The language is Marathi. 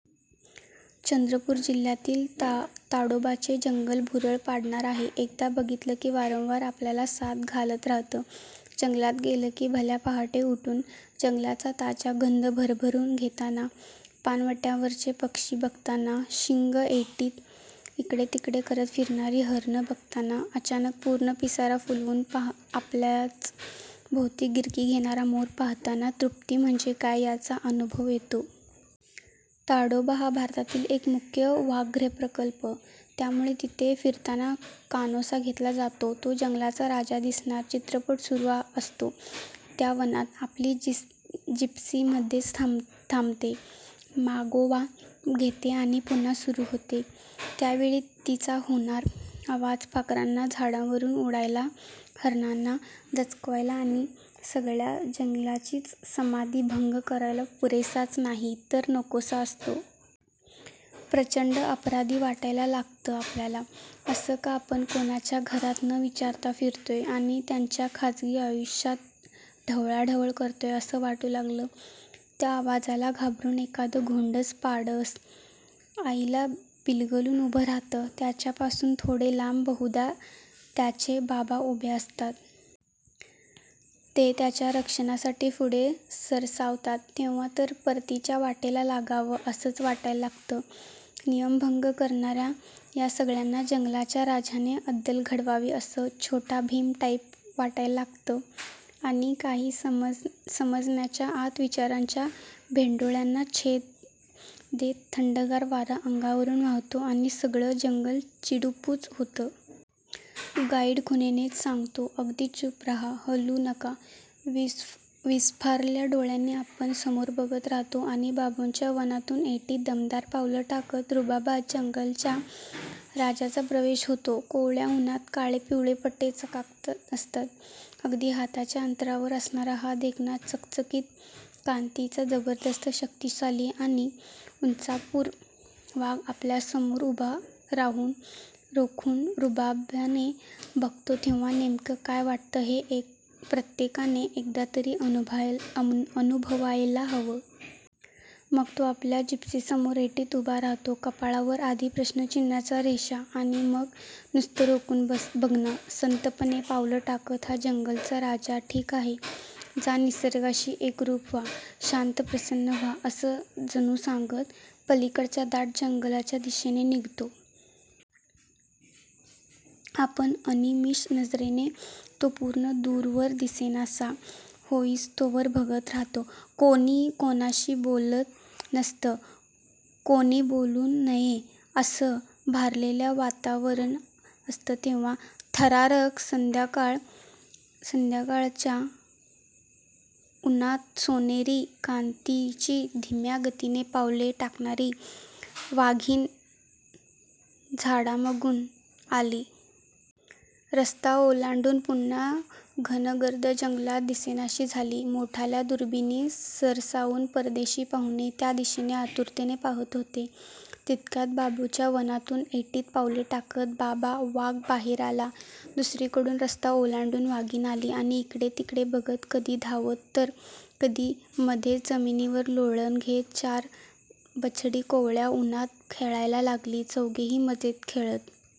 चंद्रपूर जिल्ह्यातील ताडोबाचे जंगल भुरळ पाडणारं आहे. एकदा बघितलं की वारंवार आपल्याला साद घालत राहतं. जंगलात गेलं की भल्या पहाटे उठून जंगलाचा ताजा गंध भरभरून घेताना, पाणवठ्यावरचे पक्षी बघताना, शिंगं ऐटीत इकडे तिकडे करत फिरणारी हरणं बघताना, अचानक पूर्ण पिसारा फुलवून आपल्याच भोवती गिरकी घेणारा मोर पाहताना तृप्ती म्हणजे काय याचा अनुभव येतो!... ताडोबा हा भारतातील एक मुख्य व्याघ्रप्रकल्प. त्यामुळे तिथे फिरताना कानोसा घेतला जातो तो जंगलाचा राजा दिसणार... चित्रपट सुरू असतो त्या वनात. आपली जिप्सी मध्येच थांबते, मागोवा घेते आणि पुन्हा सुरू होते. त्यावेळी तिचा होणारा आवाज पाखरांना झाडावरून उडायला, हरणांना दचकवायला आणि सगळ्या जंगलाचीच समाधी भंग करायला पुरेसाच नाही, तर नकोसा असतो... प्रचंड अपराधी वाटायला लागतं आपल्याला. असं का आपण कोणाच्या घरात न विचारता फिरतोय आणि त्यांच्या खाजगी आयुष्यात ढवळाढवळ करतोय, असं वाटू लागतं. त्या आवाजाला घाबरून एखादं गोंडस पाडस आईला बिलगून उभं राहतं. त्यांच्यापासून थोडे लांब बहुधा त्याचे बाबा उभे असतात. ते त्याच्या रक्षणासाठी पुढे सरसावतात. तेव्हा तर परतीच्या वाटेला लागावं असंच वाटायला लागतं! नियमभंग करणाऱ्या या सगळ्यांना जंगलाच्या राजाने अद्दल घडवावी, असं 'छोटा भीम' टाईप वाटायला लागतं!! आणि... काही समजण्याच्या आत विचारांच्या भेंडोळ्यांना छेद देत थंडगार वारा अंगावरून वाहतो आणि सगळं जंगल चिडीचूप होतं. गाईड खुणेनेच सांगतो, अगदी चूप राहा, हलू नका. विस्फारल्या डोळ्यांनी आपण समोर बघत राहतो... आणि बांबूच्या वनातून ऐटीत, दमदार पावलं टाकत, रुबाबात जंगलच्या राजाचा प्रवेश होतो. कोवळ्या उन्हात काळे-पिवळे पट्टे चकाकत असतात! अगदी हाताच्या अंतरावर असणारा हा देखणा, चकचकीत कांतीचा, जबरदस्त शक्तिशाली आणि उंचापुरा वाघ आपल्यासमोर उभा राहून रोखून रुबाबाने बघतो, तेव्हा नेमकं काय वाटतं हे प्रत्येकाने एकदा तरी अनुभवायलाच हवं! मग तो आपल्या जिप्सीसमोर ऐटीत उभा राहतो. कपाळावर आधी प्रश्नचिन्हाच्या रेषा आणि मग नुसतं रोखून बघणं! संथपणे पावलं टाकत हा जंगलचा राजा, 'ठीक आहे, जा, निसर्गाशी एकरूप व्हा, शांत-प्रसन्न व्हा' असं जणू सांगत, पलीकडच्या दाट जंगलाच्या दिशेने निघतो. आपण अनिमिष नजरेने तो पूर्ण दूरवर दिसेनासा होईस्तोवर बघत राहतो! कोणीच कोणाशी बोलत नसतं, कोणी बोलूही नये, असं भारलेलं वातावरण असतं तेव्हा! थरारक संध्याकाळ... सकाळच्या कोवळ्या उन्हात सोनेरी कांतीची, धीम्या गतीने पावले टाकणारी वाघीण झाडामागून आली. रस्ता ओलांडून पुन्हा घनगर्द जंगलात दिसेनाशी झाली. मोठाल्या दुर्बिणी सरसावून परदेशी पाहुणे त्या दिशेने आतुरतेने पाहत होते. तितक्यात बांबूच्या वनातून ऐटीत पावले टाकत 'बाबा' वाघ बाहेर आला. दुसरीकडून रस्ता ओलांडून वाघीण आली आणि इकडे तिकडे बघत कधी धावत तर कधी मध्येच जमिनीवर लोळण घेत चार बछडी कोवळ्या उन्हात खेळायला लागली. चौघेही मजेत खेळत